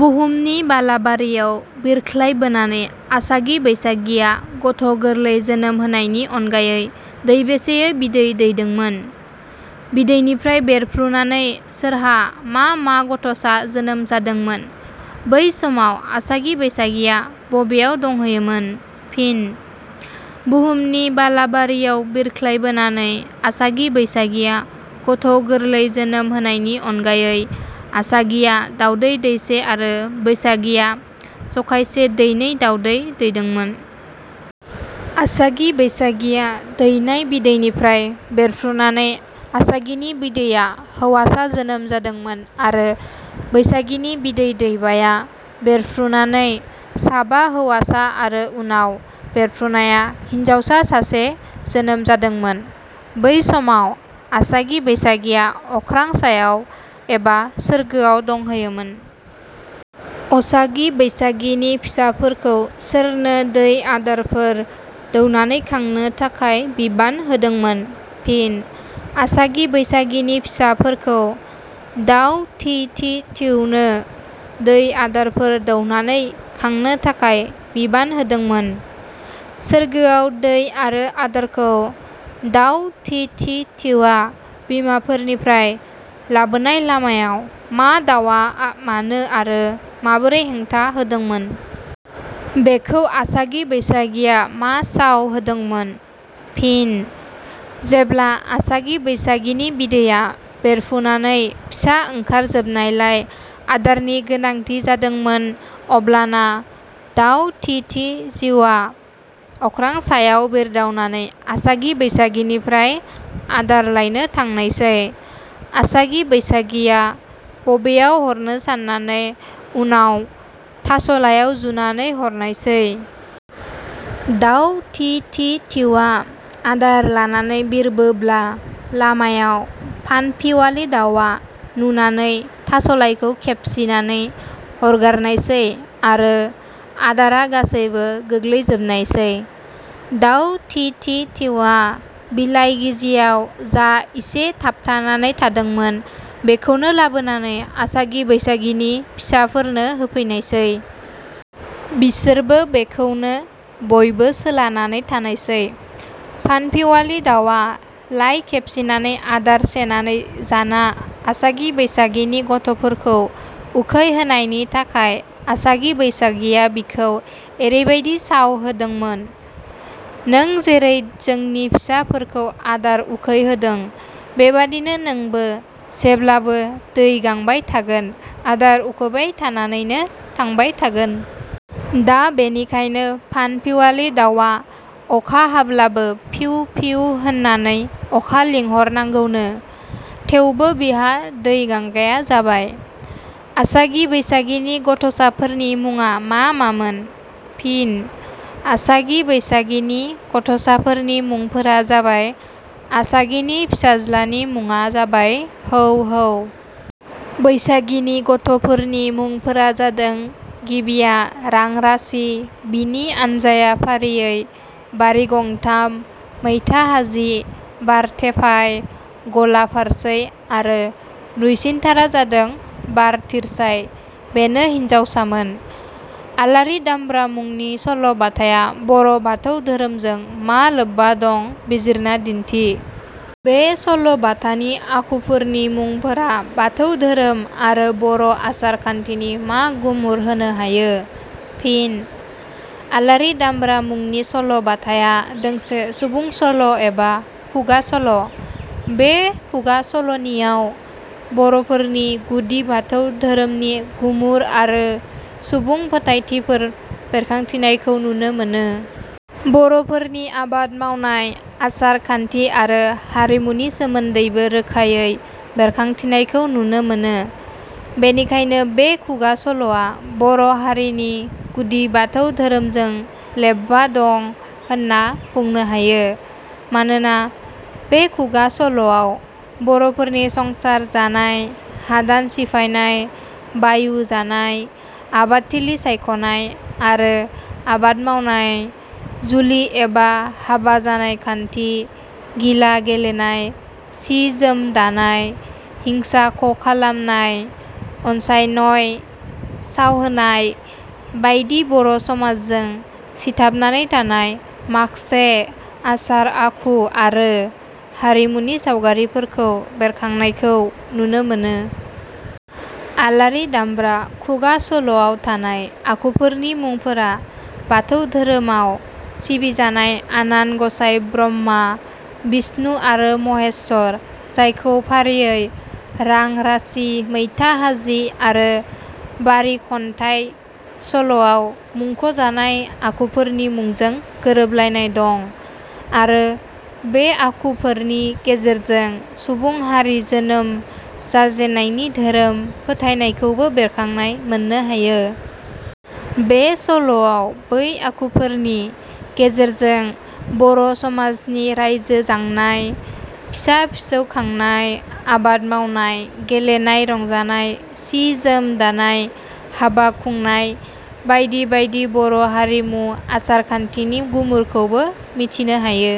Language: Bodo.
बुहुमनि बालाबारियाव बिरख्लायबोनानै आसागि बैसागिया गथ' गोरलै जोनोम होनायनि अनगायै दैबेसेयै बिदै दैदोंमोन? बिदैनिफ्राय बेरफ्रुनानै सोरहा मा मा गथ'सा जोनोम जादोंमोन? बै समाव आसागि बैसागिया बबेयाव दंहैयोमोन? फिन: बुहुमनि बालाबारियाव बिरख्लायबोनानै आसागि बैसागिया गथ' गोरलै जोनोम होनायनि अनगायै आसागिया दावदै दैसे आरो बैसागिया जखायसे दैनै दावदै दैदोंमोन। आसागि बैसागिया दैनाय बिदैनिफ्राय बेरफ्रुनानै आसागिनि बिदैआ हौवासा जोनोम जादोंमोन आरो बैसागिनि बिदै दैबाया बेरफ्रुनानै साबा हौवासा आरो उनाव बेरफ्रुनाया हिनजावसा सासे जोनोम जादोंमोन। बै समाव आसागि बैसागिया अख्रां सायाव एबा सोर्गोआव दंहैयोमोन।. असागि बैसागिनि फिसाफोरखौ सोरनो दै आदारफोर दौनानै खांनो थाखाय बिबान होदोंमोन? फिनः आसागि बैसागिनि फिसाफोरखौ दाउ थि थि थिउनो दै आदारफोर दौनानै खांनो थाखाय बिबान होदोंमोन्।. सोरगोआव दै आरो आदारखौ दाउ थि थि थिउआ बिमाफोरनिफ्राय लाबोनाय लामायाव मा दाउआ मानो आरो माबोरै हेंथा होदोंमोन? बेखौ आसागि बैसागिया मा साव होदोंमोन? फिनः जेब्ला आसागि बैसागिनि बिदैया बेरफुनानै फिसा ओंखारजोबनायलाय आदारनि गोनांथि जादोंमोन अब्लाना दाउ थि थि जिउआ अख्रां सायाव बिरदावनानै आसागि बैसागिनिफ्राय आदार लायनो थांनायसै। आसागि बैसागिया बबेयाव हरनो साननानै उनाव थास'लाइयाव जुनानै हरनायसै। दाउ थि थि थिउआ आदार लानानै बिरबोब्ला लामायाव फानफिवालि दाउआ नुनानै थास'लाइखौ खेबसिनानै हरगारनायसै आरो आदारा गासैबो गोग्लैजोबनायसै। दाउ थि थि थिउआ बिलाइ गिजियाव जा इसे थाबथानानै थादोंमोन बेखौनो लाबोनानै आसागि बैसागिनि फिसाफोरनो होफैनायसै। बिसोरबो बेखौनो बयबो सोलानानै थानायसै। फानफिवालि दाउआ लाइ खेबसिनानै आदार सेनानै जाना आसागि बैसागिनि गथ'फोरखौ उखै होनायनि थाखाय आसागि बैसागिया बिखौ एरैबादि साव होददोंमोन- "नों जेरै जोंनि फिसाफोरखौ आदार उखैहोदों बेबादिनो नोंबो जेब्लाबो दै गांबाय थागोन, आदार उखैबाय थानानैनो थांबाय थागोन"। दा बेनिखायनो फानफिवालि दाउवा अखा हाब्लाबो फिउ फिउ होननानै अखा लिंहर नांगौनो। थेवबो बिहा दै गांगाया जाबाय।. आसागि बैसागिनि गथ'साफोरनि मुङा मा मामोन? फिन: आसागि बैसागिनि गथ'साफोरनि मुंफोरा जाबाय- आसागिनि फिसाज्लानि मुङा जाबाय "हौ हौ"। बैसागिनि गथ'फोरनि मुंफोरा जादों गिबिया रांरासि, बिनि आनजाइया फारियै बारिगंथाम, मैथा हाजि, बारथेफाइ, गलाफारसै आरो दुइसिनथारा जादों बार थिरसाइ, बेनो हिनजावसामोन।. आलारि दामब्रा मुंनि सल' बाथाया बर' बाथौ धोरोमजों मा लोब्बा दं बिजिरना दिन्थि। बे सल' बाथानि आखुफोरनि मुंफोरा बाथौ धोरोम आरो बर' आसार खान्थिनि मा गुमुर होनो हायो? फिनः "आलारि दामब्रा" मुंनि सल' बाथाया दोंसे सुबुं सल' एबा खुगा सल'। बे खुगा सल'निआव बर'फोरनि गुदि बाथौ धोरोमनि गुमुर आरो सुबुं फोथायथिफोर बेरखांथिनायखौ नुनो मोनो। बर'फोरनि आबाद मावनाय, आसार खान्थि आरो हारिमुनि सोमोन्दैबो रोखायै बेरखांथिनायखौ नुनो मोनो। बेनिखायनो बे खुगा सल'आ बर' हारिनि गुदि बाथौ धोरोमजों लेब्बा दं होनना बुंनो हायो। मानोना बे खुगा सल'आव बर'फोरनि संसार जानाय, हादान सिफायनाय, बायु जानाय, आबादथिलि सायख'नाय आरो आबाद मावनाय, जुलि एबा हाबा जानाय खान्थि, गिला गेलेनाय, सि जोम दानाय, हिंसा खखालामनाय, अनसायनय, सावहोनाय बायदि बर' समाजजों सिथाबनानै थानाय माखसे आसार आखु आरो हारिमुनि सावगारिफोरखौ बेरखांनायखौ नुनो मोनो। "आलारि दामब्रा" खुगा सल'आव थानाय आखुफोरनि मुंफोरा बाथौ धोरोमआव सिबिजानाय आनान गसाइ ब्रह्मा, बिष्णु आरो महेश्वर जायखौ फारियै रां-रासि, मैथाहाजि आरो बारि खनथाय सल'आव मुंखजानाय आखुफोरनि मुंजों गोरोबलायनाय दं। आरो बे आखु फोरनि गेजेरजों सुबुं हारि जोनोम जाजेननायनि धोरोम फोथायनायखौबो बेरखांनाय मोननो हायो। बे सल'आव बै आखुफोरनि गेजेरजों बर' समाजनि रायजो जांनाय, फिसा-फिसौ खांनाय, आबाद मावनाय, गेलेनाय रंजानाय, सि जोम दानाय, हाबा खुंनाय बायदि बायदि बर' हारिमु आसार खान्थिनि गुमुरखौबो मिथिनो हायो।.